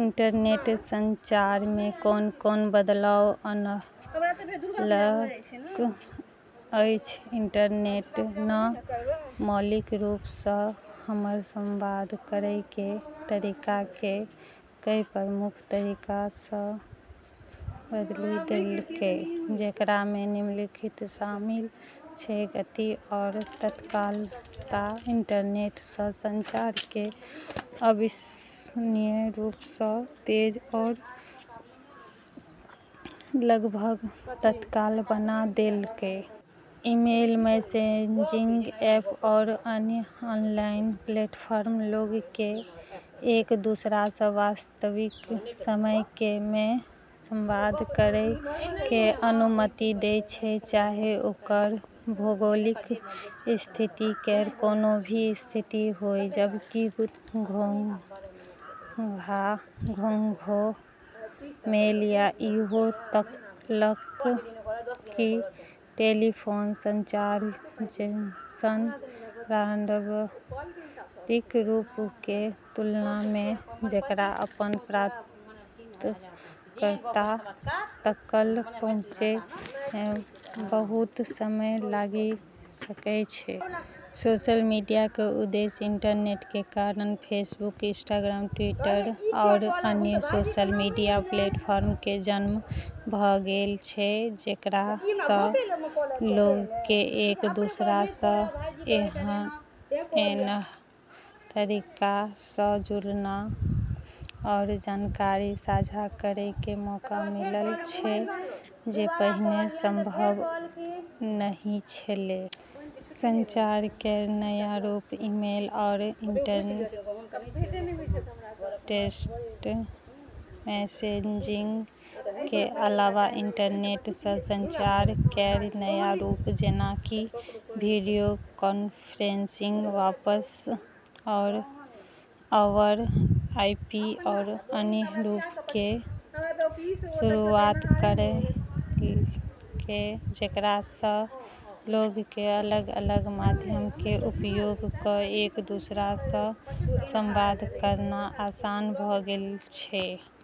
Internet संचार मे कोन-कोन बदलाव अनलक अछि? इंटरनेट न मौलिक रूप सं हमर संवाद करै के तरीका के कई प्रमुख तरीका सं बदली देलकै, जेकरा मे निम्नलिखित शामिल छै: गति आरू तत्कालता: इंटरनेट न संचार के अविश्वसनीय रूप सं तेज आरू लगभग तत्काल बना देलकै। ईमेल, मैसेजिंग ऐप आरू अन्य ऑनलाइन प्लेटफॉर्म लोग के एक-दूसरा सं वास्तविक समय मे संवाद करै के अनुमति दै छै, चाहे ओकर भौगोलिक स्थिति केर कोनो भी स्थिति होय, जबकि घोंघा मेल या ईहो तलक कि टेलीफोन संचार जैसन पारंपरिक रूप के तुलना मे जेकरा अपन प्राप्तकर्ता तलक पहुँचै मे बहुत समय लागि सकै छै। सोशल मीडिया के उदय: इंटरनेट के कारण फेसबुक, इंस्टाग्राम, ट्विटर, आरू अन्य सोशल मीडिया प्लेटफॉर्म के जन्म भ गेल छै, जेकरा सं लोग के एक-दूसरा सं ऐन्ह तरीका सं जुड़ना आरू जानकारी साझा करै के मौका मिलल छै जे पहिने संभव नहि छेलै। संचार केर नया रूप: ईमेल आरू इंस्टेंट मैसेजिंग के अलावा इंटरनेट न संचार केर नया रूप जेना कि video conferencing, voice over IP, आरू अन्य रूप के शुरूआत करलकै जेकरा सं लोग के अलग-अलग माध्यम के उपयोग क एक-दूसरा सं संवाद करना आसान भ गेल छै।